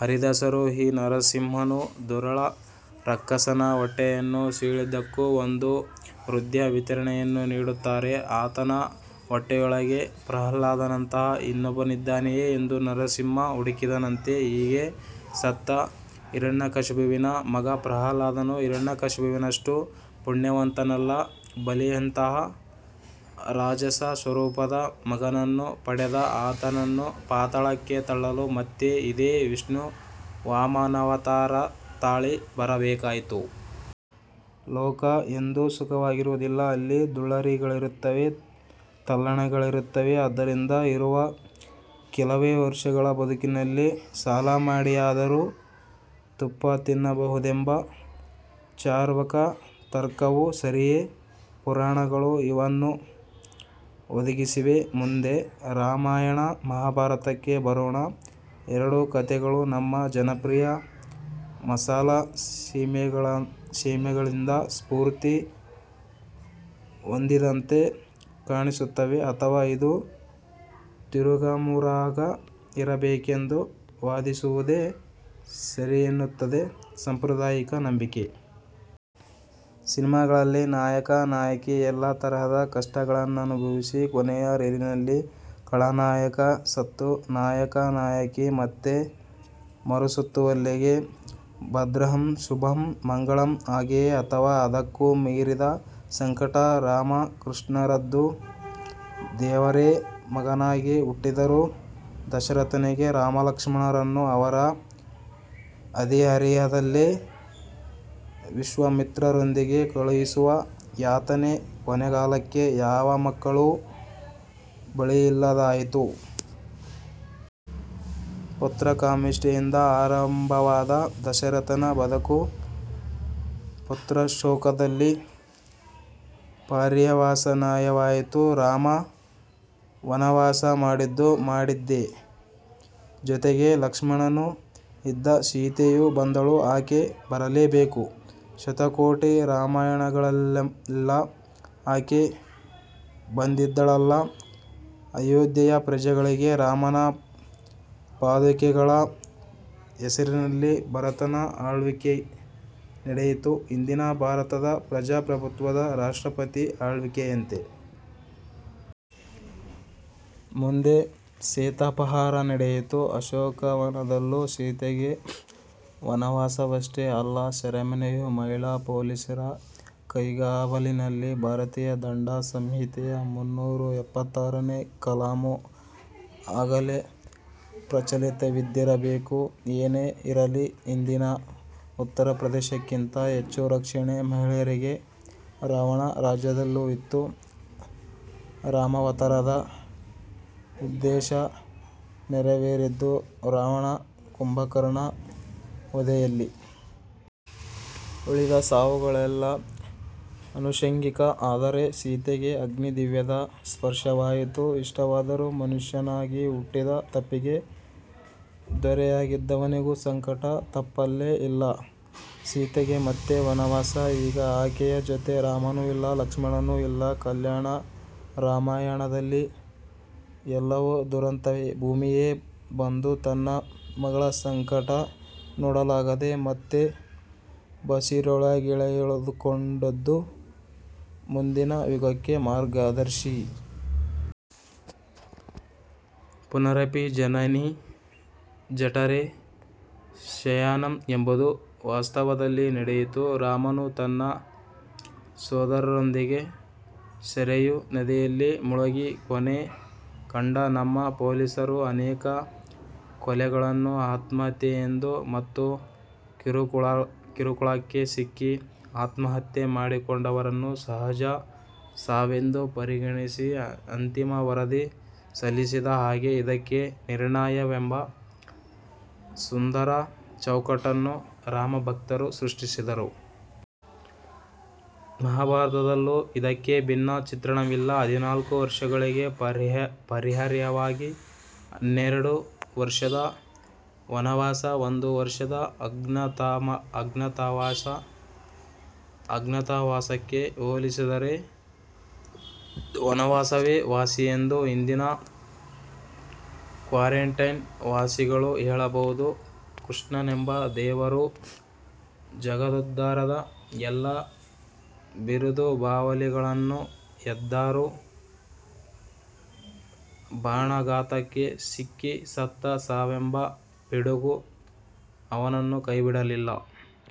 ಹರಿದಾಸರು ಈ ನರಸಿಂಹನು ದುರುಳ ರಕ್ಕಸನ ಹೊಟ್ಟೆಯನ್ನು ಸೀಳಿದ್ದಕ್ಕೂ ಒಂದು ಹೃದ್ಯ ವಿವರಣೆಯನ್ನು ನೀಡುತ್ತಾರೆ: ಆತನ ಹೊಟ್ಟೆಯೊಳಗೆ ಪ್ರಹ್ಲಾದನಂತಹ ಇನ್ನೊಬ್ಬನಿದ್ದಾನೆಯೇ ಎಂದು ನರಸಿಂಹ ಹುಡುಕಿದನಂತೆ. ಹೀಗೆ ಸತ್ತ ಹಿರಣ್ಯಕಶಿಪುವಿನ ಮಗ ಪ್ರಹ್ಲಾದನು ಹಿರಣ್ಯಕಶಿಪುವಿನಷ್ಟು ಪುಣ್ಯವಂತನಲ್ಲ. ಬಲಿಯಂತಹ ರಾಜಸ ಸ್ವರೂಪದ ಮಗನನ್ನು ಪಡೆದ. ಆತನನ್ನು ಪಾತಾಳಕ್ಕೆ ತಳ್ಳಲು ಮತ್ತೆ ಇದೇ ವಿಷ್ಣು ವಾಮನಾವತಾರ ತಾಳಿ ಬರಬೇಕಾಯಿತು. ಲೋಕ ಎಂದೂ ಸುಖವಾಗಿರುವುದಿಲ್ಲ. ಅಲ್ಲಿ ದಳ್ಳುರಿಗಳಿರುತ್ತವೆ; ತಲ್ಲಣಗಳಿರುತ್ತವೆ. ಆದ್ದರಿಂದ ಇರುವ ಕೆಲವೇ ವರ್ಷಗಳ ಬದುಕಿನಲ್ಲಿ ಸಾಲಮಾಡಿಯಾದರೂ ತುಪ್ಪತಿನ್ನಬಹುದೆಂಬ ಚಾರ್ವಾಕ ತರ್ಕವೂ ಸರಿಯೇ. ಪುರಾಣಗಳು ಇವನ್ನೂ ಒದಗಿಸಿವೆ. ಮುಂದೆ ರಾಮಾಯಣ-ಮಹಾಭಾರತಕ್ಕೆ ಬರೋಣ. ಎರಡೂ ಕತೆಗಳು ನಮ್ಮ ಜನಪ್ರಿಯ ಮಸಾಲಾ ಸಿನೆಮಾಗಳಿಂದ ಸ್ಫೂರ್ತಿ ಹೊಂದಿದಂತೆ ಕಾಣಿಸುತ್ತವೆ ಅಥವಾ ಇದು ತಿರುಗಾಮುರುಗಾ ಇರಬೇಕೆಂದು ವಾದಿಸುವುದೇ ಸರಿಯೆನ್ನುತ್ತದೆ ಸಾಂಪ್ರದಾಯಿಕ ನಂಬಿಕೆ. ಸಿನೆಮಾಗಳಲ್ಲಿ ನಾಯಕ-ನಾಯಕಿ ಎಲ್ಲ ತರದ ಕಷ್ಟಗಳನ್ನನುಭವಿಸಿ ಕೊನೆಯ ರೀಲಿನಲ್ಲಿ ಖಳನಾಯಕ ಸತ್ತು ನಾಯಕ-ನಾಯಕಿ ಮತ್ತೆ ಮರಸುತ್ತುವಲ್ಲಿಗೆ ಭದ್ರಂ-ಶುಭಂ-ಮಂಗಳಂ! ಹಾಗೆಯೇ ಅಥವಾ ಅದಕ್ಕೂ ಮೀರಿದ ಸಂಕಟ ರಾಮ-ಕೃಷ್ಣರದ್ದು. ದೇವರೇ ಮಗನಾಗಿ ಹುಟ್ಟಿದರೂ ದಶರಥನಿಗೆ ರಾಮಲಕ್ಷ್ಮಣರನ್ನು ಅವರ ಹದಿಹರೆಯದಲ್ಲೇ ವಿಶ್ವಾಮಿತ್ರರೊಂದಿಗೆ ಕಳುಹಿಸುವ ಯಾತನೆ. ಕೊನೆಗಾಲಕ್ಕೆ ಯಾವ ಮಕ್ಕಳೂ ಬಳಿಯಿಲ್ಲದಾಯಿತು. ಪುತ್ರಕಾಮೇಷ್ಟಿಯಿಂದ ಆರಂಭವಾದ ದಶರಥನ ಬದುಕು ಪುತ್ರಶೋಕದಲ್ಲಿ ಪರ್ಯಾವಸಾನವಾಯಿತು. ರಾಮ ವನವಾಸ ಮಾಡಿದ್ದೂ ಮಾಡಿದ್ದೇ. ಜೊತೆಗೆ ಲಕ್ಷ್ಮಣನೂ ಇದ್ದ; ಸೀತೆಯೂ ಬಂದಳು. ಆಕೆ ಬರಲೇಬೇಕು; ಶತಕೋಟಿ ರಾಮಾಯಣಗಳಲ್ಲೆಲ್ಲ ಆಕೆ ಬಂದಿದ್ದಳಲ್ಲ! ಅಯೋಧ್ಯೆಯ ಪ್ರಜೆಗಳಿಗೆ ರಾಮನ ಪಾದುಕೆಗಳ ಹೆಸರಿನಲ್ಲಿ ಭರತನ ಆಳ್ವಿಕೆ ನಡೆಯಿತು-ಇಂದಿನ ಭಾರತದ ಪ್ರಜಾಪ್ರಭುತ್ವದ ರಾಷ್ಟ್ರಪತಿ ಅಳ್ವಿಕೆಯಂತೆ. ಮುಂದೆ ಸೀತಾಪಹಾರ ನಡೆಯಿತು. ಅಶೋಕವನದಲ್ಲೂ ಸೀತೆಗೆ ವನವಾಸವಷ್ಟೇ ಅಲ್ಲ; ಸೆರೆಮನೆಯೂ-ಮಹಿಳಾ ಪೊಲೀಸರ ಕೈಗಾವಲಿನಲ್ಲಿ. ಭಾರತೀಯ ದಂಡ ಸಂಹಿತೆಯ ಮುನ್ನೂರ ಎಪ್ಪತ್ತಾರನೇ ಕಲಮು ಆಗಲೇ ಪ್ರಚಲಿತವಿದ್ದಿರಬೇಕು. ಏನೇ ಇರಲಿ, ಇಂದಿನ ಉತ್ತರಪ್ರದೇಶಕ್ಕಿಂತ ಹೆಚ್ಚು ರಕ್ಷಣೆ ಮಹಿಳೆಯರಿಗೆ ರಾವಣ ರಾಜ್ಯದಲ್ಲೂ ಇತ್ತು! ರಾಮಾವತಾರದ ಉದ್ದೇಶ ನೆರವೇರಿದ್ದು ರಾವಣ-ಕುಂಭಕರ್ಣ ವಧೆಯಲ್ಲಿ. ಉಳಿದ ಸಾವುಗಳೆಲ್ಲ ಅನುಷಂಗಿಕ. ಆದರೆ ಸೀತೆಗೂ ಅಗ್ನಿದಿವ್ಯದ ಸ್ಪರ್ಶವಾಯಿತು. ಇಷ್ಟಾದರೂ ಮನುಷ್ಯನಾಗಿ ಹುಟ್ಟಿದ ತಪ್ಪಿಗೆ ದೊರೆಯಾಗಿದ್ದವನಿಗೂ ಸಂಕಟ ತಪ್ಪಲೇ ಇಲ್ಲ. ಸೀತೆಗೆ ಮತ್ತೆ ವನವಾಸ. ಈಗ ಆಕೆಯ ಜೊತೆ ರಾಮನೂ ಇಲ್ಲ; ಲಕ್ಷ್ಮಣನೂ ಇಲ್ಲ. ಕಲ್ಯಾಣ ರಾಮಾಯಣದಲ್ಲಿ ಎಲ್ಲವೂ ದುರಂತವೇ. ಭೂಮಿಯೇ ಬಂದು ತನ್ನ ಮಗಳ ಸಂಕಟ ನೋಡಲಾಗದೆ ಮತ್ತೆ ಬಸಿರೊಳಗೆಳೆದುಕೊಂಡದ್ದು ಮುಂದಿನ ಯುಗಕ್ಕೆ ಮಾರ್ಗದರ್ಶಿ. 'ಪುನರಪಿ ಜನನೀ ಜಠರೇ ಶಯನಂ' ಎಂಬುದು ವಾಸ್ತವದಲ್ಲಿ ನಡೆಯಿತು. ರಾಮನೂ ತನ್ನ ಸೊದರರೊಂದಿಗೆ ಸರಯೂ ನದಿಯಲ್ಲಿ ಮುಳುಗಿ ಕೊನೆ ಕಂಡ. ನಮ್ಮ ಪೊಲೀಸರು ಅನೇಕ ಕೊಲೆಗಳನ್ನು ಆತ್ಮಹತ್ಯೆಯೆಂದು ಮತ್ತು ಕಿರುಕುಳಕ್ಕೆ ಸಿಕ್ಕಿ ಆತ್ಮಹತ್ಯೆ ಮಾಡಿಕೊಂಡವರನ್ನು ಸಹಜ ಸಾವೆಂದು ಪರಿಗಣಿಸಿ ಅಂತಿಮ ವರದಿ ಸಲ್ಲಿಸಿದ ಹಾಗೆ ಇದಕ್ಕೆ 'ನಿರ್ಯಾಣ'ವೆಂಬ ಸುಂದರ ಚೌಕಟ್ಟನ್ನು ರಾಮಭಕ್ತರು ಸೃಷ್ಟಿಸಿದರು. ಮಹಾಭಾರತದಲ್ಲೂ ಇದಕ್ಕೆ ಭಿನ್ನ ಚಿತ್ರಣವಿಲ್ಲ. ಹದಿನಾಲ್ಕು ವರ್ಷಗಳಿಗೆ ಪರ್ಯಾಯವಾಗಿ ಹನ್ನೆರಡು ವರ್ಷದ ವನವಾಸ, ಒಂದು ವರ್ಷದ ಅಜ್ಞಾತವಾಸ. ಅಜ್ಞಾತವಾಸಕ್ಕೆ ಹೋಲಿಸಿದರೆ ವನವಾಸವೇ ವಾಸಿಯೆಂದು ಇಂದಿನ ಕ್ವಾರಂಟೈನ್ ವಾಸಿಗಳು ಹೇಳಬಹುದು. ಕೃಷ್ಣನೆಂಬ ದೇವರು ಜಗದೋದ್ಧಾರದ ಎಲ್ಲ ಬಿರುದುಬಾವಲಿಗಳನ್ನು ಹೊದ್ದರೂ ಬಾಣಾಘಾತಕ್ಕೆ ಸಿಕ್ಕಿ ಸತ್ತ. ಸಾವೆಂಬ ಪಿಡುಗು ಅವನನ್ನೂ ಕೈಬಿಡಲಿಲ್ಲ.